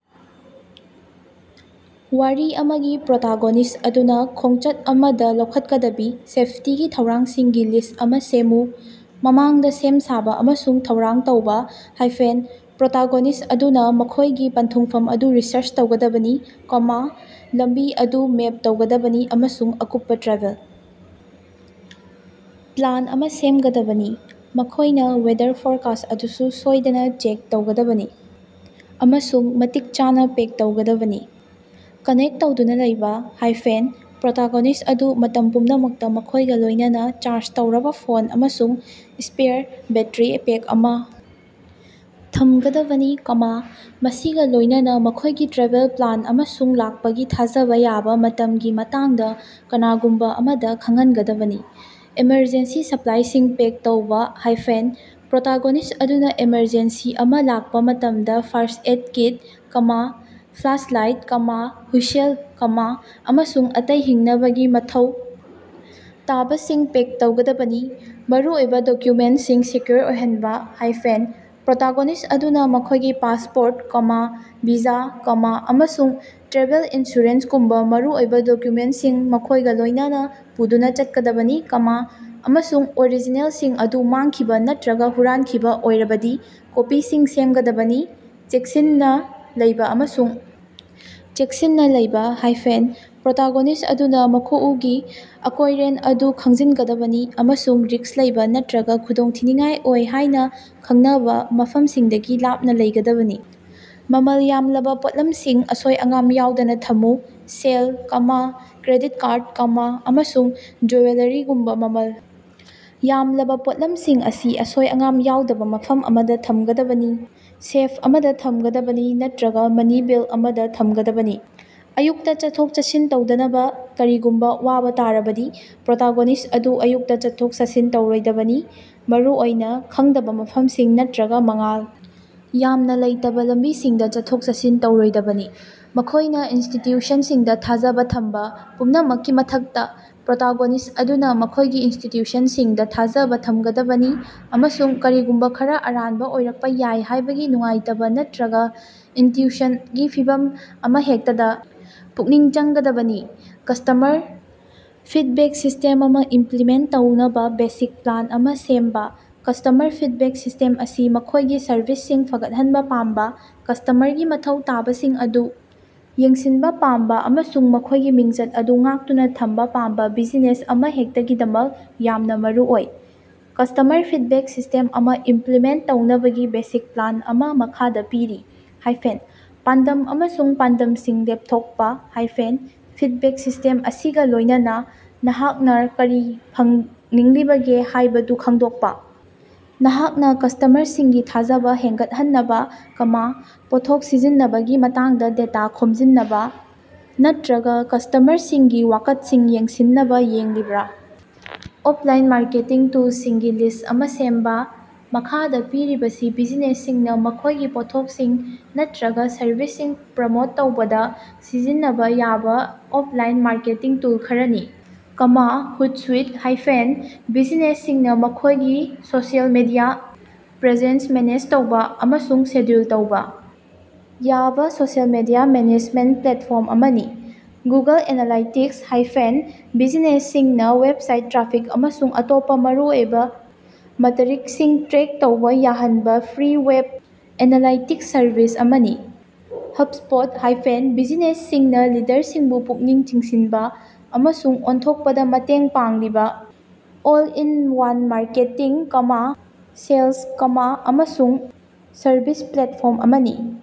ꯋꯥꯔꯤ ꯑꯃꯒꯤ ꯄ꯭ꯔꯣꯇꯥꯒꯣꯅꯤꯁ꯭ꯠ ꯑꯗꯨꯅ ꯈꯣꯡꯆꯠ ꯑꯃꯗ ꯂꯧꯈꯠꯀꯗꯕꯤ ꯁꯦꯐꯇꯤꯒꯤ ꯊꯧꯔꯥꯡꯁꯤꯡꯒꯤ ꯂꯤꯁ꯭ꯠ ꯑꯃ ꯁꯦꯝꯃꯨ꯫ ꯃꯃꯥꯡꯗ ꯁꯦꯝ ꯁꯥꯕ‌ ꯑꯃꯁꯨꯡ ꯊꯧꯔꯥꯡ ꯇꯧꯕ - ꯄ꯭ꯔꯣꯇꯤꯒꯣꯅꯤꯁ꯭ꯠ ꯑꯗꯨꯅ ꯃꯈꯣꯏꯒꯤ ꯄꯟꯊꯨꯡꯐꯝ ꯑꯗꯨ ꯔꯤꯁꯔꯆ ꯇꯧꯒꯗꯕꯅꯤ, ꯂꯝꯕꯤ ꯑꯗꯨ ꯃꯦꯞ ꯇꯧꯒꯗꯕꯅꯤ ꯑꯃꯁꯨꯡ ꯑꯀꯨꯞꯄ ꯇ꯭ꯔꯥꯚꯦꯜ ꯄ꯭ꯂꯥꯟ ꯑꯃ ꯁꯦꯝꯒꯗꯕꯅꯤ꯫ ꯃꯈꯣꯏꯅ ꯋꯦꯗꯔ ꯐꯣꯔꯀꯥꯁ꯭ꯠ ꯑꯗꯨꯁꯨ ꯁꯣꯏꯗꯅꯥ ꯆꯦꯛ ꯇꯧꯒꯗꯕꯅꯤ ꯑꯃꯁꯨꯡ ꯃꯇꯤꯛ ꯆꯥꯅ ꯄꯦꯛ ꯇꯧꯒꯗꯕꯅꯤ꯫ ꯀꯥꯅꯦ꯭ꯛꯇ ꯇꯧꯗꯨꯅ ꯂꯩꯕ‌ - ꯄ꯭ꯔꯣꯇꯥꯒꯣꯅꯤꯁ꯭ꯠ ꯑꯗꯨꯅ ꯃꯇꯝ ꯄꯨꯝꯅꯃꯛꯇ ꯃꯈꯣꯏꯒ ꯂꯣꯏꯅꯅꯥ ꯆꯥꯔꯖ ꯇꯧꯔꯕ ꯐꯣꯟ ꯑꯃꯁꯨꯡ ꯁ꯭ꯄꯦꯌꯥꯔ ꯕꯦꯠꯇ꯭ꯔꯤ ꯄꯦꯛ ꯑꯃ ꯊꯝꯒꯗꯕꯅꯤ, ꯃꯁꯤꯒ ꯂꯣꯏꯅꯅꯥ ꯃꯈꯣꯏꯒꯤ ꯇ꯭ꯔꯥꯚꯦꯜ ꯄ꯭ꯂꯥꯟ ꯑꯃꯁꯨꯡ ꯂꯥꯛꯄꯒꯤ ꯊꯥꯖꯕꯥ ꯌꯥꯕ ꯃꯇꯝꯒꯤ ꯃꯇꯥꯡꯗ ꯀꯅꯥꯒꯨꯝꯕ ꯑꯃꯗ ꯈꯪꯍꯟꯒꯗꯕꯅꯤ꯫ ꯑꯦꯃꯔꯖꯦꯟꯁꯤ ꯁꯄ꯭ꯂꯥꯏꯁꯤꯡ ꯄꯦꯛ ꯇꯧꯕ- ꯄ꯭ꯔꯣꯇꯥꯒꯣꯅꯤꯁ꯭ꯠ ꯑꯗꯨꯅ ꯑꯦꯃꯔꯖꯦꯟꯁꯤ ꯑꯃ ꯂꯥꯛꯄ ꯃꯇꯝꯗ ꯐꯥꯔꯁ꯭ꯠ-ꯑꯦꯗ ꯀꯤꯠ, ꯐ꯭ꯂꯥꯁꯂꯥꯏꯠ, ꯍꯨꯏꯁꯜ, ꯑꯃꯁꯨꯡ ꯑꯇꯩ ꯍꯤꯡꯅꯕꯒꯤ ꯃꯊꯧ ꯇꯥꯕꯁꯤꯡ ꯄꯦꯛ ꯇꯧꯒꯗꯕꯅꯤ꯫ ꯃꯔꯨꯑꯣꯏꯕ ꯗꯣꯀ꯭ꯌꯨꯃꯦꯟꯇꯁꯤꯡ ꯁꯦꯀ꯭ꯌꯨꯔ ꯑꯣꯏꯍꯟꯕ- ꯄ꯭ꯔꯣꯇꯥꯒꯣꯅꯤꯁ꯭ꯠ ꯑꯗꯨꯅ ꯃꯈꯣꯏꯒꯤ ꯄꯥꯁꯄꯣꯔꯠ, ꯚꯤꯖꯥ, ꯑꯃꯁꯨꯡ ꯇ꯭ꯔꯥꯚꯦꯜ ꯏꯟꯁꯨꯔꯦꯟꯁꯀꯨꯝꯕ ꯃꯔꯨꯑꯣꯏꯕ ꯗꯣꯀ꯭ꯌꯨꯃꯦꯟꯇꯁꯤꯡ ꯃꯈꯣꯏꯒ ꯂꯣꯏꯅꯅꯥ ꯄꯨꯗꯨꯅ ꯆꯠꯀꯗꯕꯅꯤ, ꯑꯃꯁꯨꯡ ꯑꯣꯔꯤꯖꯤꯅꯦꯜꯁꯤꯡ ꯑꯗꯨ ꯃꯥꯡꯈꯤꯕ ꯅꯠꯇꯔꯒ ꯍꯨꯔꯥꯟꯈꯤꯕ ꯑꯣꯏꯔꯕꯗꯤ ꯀꯣꯄꯤꯁꯤꯡ ꯁꯦꯝꯒꯗꯕꯅꯤ꯫ ꯆꯦꯛꯁꯤꯟꯅ ꯂꯩꯕ ꯑꯃꯁꯨꯡ ꯆꯦꯠꯁꯤꯟꯅ ꯂꯩꯕ - ꯄ꯭ꯔꯣꯇꯣꯒꯣꯅꯤꯁ꯭ꯠ ꯑꯗꯨꯅ ꯃꯈꯣꯎꯒꯤ ꯑꯀꯣꯏꯔꯣꯟ ꯑꯗꯨ ꯈꯪꯖꯤꯟꯒꯗꯕꯅꯤ ꯑꯃꯁꯨꯡ ꯔꯤꯁ꯭ꯛ ꯂꯩꯕ ꯅꯠꯇꯔꯒ ꯈꯨꯗꯣꯡꯊꯤꯅꯤꯉꯥꯏ ꯑꯣꯏ ꯍꯥꯏꯅ ꯈꯪꯅꯕ ꯃꯐꯝꯁꯤꯡꯗꯒꯤ ꯂꯥꯞꯅ ꯂꯩꯒꯗꯕꯅꯤ꯫ ꯃꯃꯜ ꯌꯥꯝꯂꯕꯥ ꯄꯣꯠꯂꯝꯁꯤꯡ ꯑꯁꯣꯏ-ꯑꯉꯥꯝ ꯌꯥꯎꯗꯅꯥ ꯊꯝꯃꯨ - ꯁꯦꯜ, ꯀ꯭ꯔꯦꯗꯤꯠ ꯀꯥꯔꯗ, ꯑꯃꯁꯨꯡ ꯖꯨꯋꯦꯂꯔꯤꯒꯨꯝꯕ ꯃꯃꯜ ꯌꯥꯝꯂꯕꯥ ꯄꯣꯠꯂꯝꯁꯤꯡ ꯑꯁꯤ ꯑꯁꯣꯏ-ꯑꯉꯥꯝ ꯌꯥꯎꯗꯕꯥ ꯃꯐꯝ ꯑꯃꯗ ꯊꯝꯒꯗꯕꯅꯤ, ꯁꯦꯐ ꯑꯃꯗ ꯊꯝꯒꯗꯕꯅꯤ ꯅꯠꯇꯔꯒ ꯃꯅꯤ ꯕꯦꯜꯇ ꯑꯃꯗ ꯊꯝꯒꯗꯕꯅꯤ꯫ ꯑꯌꯨꯛꯇ ꯆꯠꯊꯣꯛ-ꯆꯠꯁꯤꯟ ꯇꯧꯗꯅꯕꯥ - ꯀꯔꯤꯒꯨꯝꯕ ꯋꯥꯕ ꯇꯥꯔꯕꯗꯤ, ꯄ꯭ꯔꯣꯇꯥꯒꯣꯅꯤꯁ꯭ꯠ ꯑꯗꯨꯅ ꯑꯌꯨꯛꯇ ꯆꯠꯊꯣꯛ-ꯆꯠꯁꯤꯟ ꯇꯧꯔꯣꯏꯗꯕꯅꯤ, ꯃꯔꯨꯑꯣꯏꯅ ꯈꯪꯗꯕ ꯃꯐꯝꯁꯤꯡꯗ ꯅꯠꯇꯔꯒ ꯃꯉꯥꯜ ꯌꯥꯝꯅ ꯂꯩꯇꯕꯥ ꯂꯝꯕꯤꯁꯤꯡꯗ ꯆꯠꯊꯣꯛ-ꯆꯠꯁꯤꯟ ꯇꯧꯔꯣꯏꯗꯕꯅꯤ꯫ ꯃꯈꯣꯏꯒꯤ ꯏꯟꯁꯇꯤꯇ꯭ꯌꯨꯠꯁꯤꯡꯗ ꯊꯥꯖꯕꯥ ꯊꯝꯕ - ꯄꯨꯝꯅꯃꯛꯀꯤ ꯃꯊꯛꯇ, ꯄ꯭ꯔꯣꯇꯥꯒꯣꯅꯤꯁ꯭ꯠ ꯑꯗꯨꯅ ꯃꯈꯣꯏꯒꯤ ꯏꯟꯁ꯭ꯇꯤꯇ꯭ꯌꯨꯠꯁꯤꯡꯗ ꯊꯥꯖꯕ ꯊꯝꯒꯗꯕꯅꯤ ꯑꯃꯁꯨꯡ ꯀꯔꯤꯒꯨꯝꯕ ꯈꯔꯥ ꯑꯔꯥꯟꯕ ꯑꯣꯏꯔꯛꯄ ꯌꯥꯏ ꯍꯥꯏꯕꯒꯤ ꯅꯨꯡꯉꯥꯏꯇꯕꯥ ꯅꯠꯇꯔꯒ ꯏꯟꯇ꯭ꯌꯨꯏꯁꯟꯒꯤ ꯐꯤꯚꯝ ꯑꯃꯍꯦꯛꯇꯗꯥ ꯄꯨꯛꯅꯤꯡ ꯆꯪꯒꯗꯕꯅꯤ꯫ ꯀꯁ꯭ꯇꯃꯔ ꯐꯤꯗꯕꯦꯛ ꯁꯤꯁꯇꯦꯝ ꯑꯃ ꯏꯝꯄꯂꯤꯃꯦꯟꯇ ꯇꯧꯅꯕ ꯕꯦꯁꯤꯛ ꯄ꯭ꯂꯥꯟ ꯑꯃ ꯁꯦꯝꯕ꯫ ꯀꯁ꯭ꯇꯃꯔ ꯐꯤꯗꯕꯦꯛ ꯁꯤꯁꯇꯦꯝ ꯑꯁꯤ ꯃꯈꯣꯏꯒꯤ ꯁꯔꯚꯤꯁꯁꯤꯡ ꯐꯒꯠꯍꯟꯕ ꯄꯥꯝꯕ, ꯀꯁ꯭ꯇꯃꯔꯒꯤ ꯃꯊꯧ ꯇꯥꯕꯁꯤꯡ ꯑꯗꯨ ꯌꯦꯡꯁꯤꯟꯕ ꯄꯥꯝꯕ ꯑꯃꯁꯨꯡ ꯃꯈꯣꯏꯒꯤ ꯃꯤꯡꯆꯠ ꯑꯗꯨ ꯉꯥꯛꯇꯨꯅ ꯊꯝꯕ ꯄꯥꯝꯕ ꯕꯤꯖꯤꯅꯦꯁ ꯑꯃꯍꯦꯛꯇꯒꯤꯗꯃꯛ ꯌꯥꯝꯅ ꯃꯔꯨꯑꯣꯏ꯫ ꯀꯁ꯭ꯇꯃꯔ ꯐꯤꯗꯕꯦꯛ ꯁꯤꯁꯇꯦꯝ ꯑꯃ ꯏꯝꯄ꯭ꯂꯤꯃꯦꯟꯇ ꯇꯧꯅꯕꯒꯤ ꯕꯦꯁꯤꯛ ꯄ꯭ꯂꯥꯟ ꯑꯃ ꯃꯈꯥꯗ ꯄꯤꯔꯤ -ꯄꯥꯟꯗꯝ ꯑꯃꯁꯨꯡ ꯄꯥꯟꯗꯝꯁꯤꯡ ꯂꯦꯞꯊꯣꯛꯄ - ꯐꯤꯗꯕꯦꯛ ꯁꯤꯁꯇꯦꯝ ꯑꯁꯤꯒ ꯂꯣꯏꯅꯅꯥ ꯅꯍꯥꯛꯅꯥꫪ ꯀꯔꯤ ꯐꯪꯅꯤꯡꯂꯤꯕꯒꯦ ꯍꯥꯏꯕꯗꯨ ꯈꯪꯗꯣꯛꯄ꯫ ꯅꯍꯥꯛꯅ ꯀꯁ꯭ꯇꯃꯔꯁꯤꯡꯒꯤ ꯊꯥꯖꯕ ꯍꯦꯟꯒꯠꯍꯟꯅꯕ, ꯄꯣꯠꯊꯣꯛ ꯁꯤꯖꯤꯟꯅꯕꯒꯤ ꯃꯇꯥꯡꯗ ꯗꯦꯇꯥ ꯈꯣꯝꯖꯤꯟꯅꯕꯥ, ꯅꯠꯇꯔꯒ ꯀꯁ꯭ꯇꯃꯔꯁꯤꯡꯒꯤ ꯋꯥꯀꯠꯁꯤꯡ ꯌꯦꯡꯁꯤꯟꯅꯕ ꯌꯦꯡꯂꯤꯕ꯭ꯔꯥ? ꯑꯣꯞꯂꯥꯏꯟ ꯃꯥꯔꯀꯦꯇꯤꯡ ꯇꯨꯜꯁꯤꯡꯒꯤ ꯂꯤꯁ꯭ꯠ ꯑꯃ ꯁꯦꯝꯕ꯫ ꯃꯈꯥꯗ ꯄꯤꯔꯤꯕꯁꯤ ꯕꯤꯖꯤꯅꯦꯁꯁꯤꯡꯅ ꯃꯈꯣꯏꯒꯤ ꯄꯣꯠꯊꯣꯛꯁꯤꯡ ꯅꯠꯇꯔꯒ ꯁꯔꯚꯤꯁꯁꯤꯡ ꯄ꯭ꯔꯃꯣꯠ ꯇꯧꯕꯗ ꯁꯤꯖꯤꯟꯅꯕꯥ ꯌꯥꯕ ꯑꯣꯞꯂꯥꯏꯟ ꯃꯥꯔꯀꯦꯇꯤꯡ ꯇꯨꯜ ꯈꯔꯥꯅꯤ, ꯍꯨꯠꯁꯨꯏꯠ - ꯕꯤꯖꯤꯅꯦꯁꯁꯤꯡꯅ ꯃꯈꯣꯏꯒꯤ ꯁꯣꯁꯤꯑꯦꯜ ꯃꯤꯗꯤꯌꯥ ꯄ꯭ꯔꯦꯖꯦꯟꯁ ꯃꯦꯅꯦꯖ ꯇꯧꯕ ꯑꯃꯁꯨꯡ ꯁꯦꯗ꯭ꯌꯨꯜ ꯇꯧꯕ ꯌꯥꯕ ꯁꯣꯁꯤꯑꯦꯜ ꯃꯤꯗꯤꯌꯥ ꯃꯦꯅꯦꯖꯃꯦꯟꯇ ꯄ꯭ꯂꯦꯠꯐꯣ꯭ꯔꯝ ꯑꯃꯅꯤ꯫ ꯒꯨꯒꯜ ꯑꯦꯅꯥꯂꯥꯏꯇꯤꯛꯁ -ꯕꯤꯖꯤꯅꯦꯁꯁꯤꯡꯅ ꯋꯦꯕꯁꯥꯏꯠ ꯇ꯭ꯔꯥꯐꯤꯛ ꯑꯃꯁꯨꯡ ꯑꯇꯣꯞꯄ ꯃꯔꯨꯑꯣꯏꯕ ꯃꯇꯔꯤꯛꯁꯤꯡ ꯇ꯭ꯔꯦꯛ ꯇꯧꯕ ꯌꯥꯍꯟꯕ ꯐ꯭ꯔꯤ ꯋꯦꯕ ꯑꯦꯅꯥꯂꯥꯏꯇꯤꯛꯁ ꯁꯔꯚꯤꯁ ꯑꯃꯅꯤ꯫ ꯍꯕꯁ꯭ꯄꯣꯠ - ꯕꯤꯖꯤꯅꯦꯁꯁꯤꯡꯅ ꯂꯤꯗꯔꯁꯤꯡꯕꯨ ꯄꯨꯛꯅꯤꯡ ꯆꯤꯡꯁꯤꯟꯕ ꯑꯃꯁꯨꯡ ꯑꯣꯟꯊꯣꯛꯄꯗ ꯃꯇꯦꯡ ꯄꯥꯡꯂꯤꯕ ꯑꯣꯜ-ꯏꯟ-ꯋꯥꯟ ꯃꯥꯔꯀꯦꯇꯤꯡ, ꯁꯦꯜꯁ, ꯑꯃꯁꯨꯡ ꯁꯔꯕꯤꯁ ꯄ꯭ꯂꯦꯠꯐꯣꯔꯝ ꯑꯃꯅꯤ꯫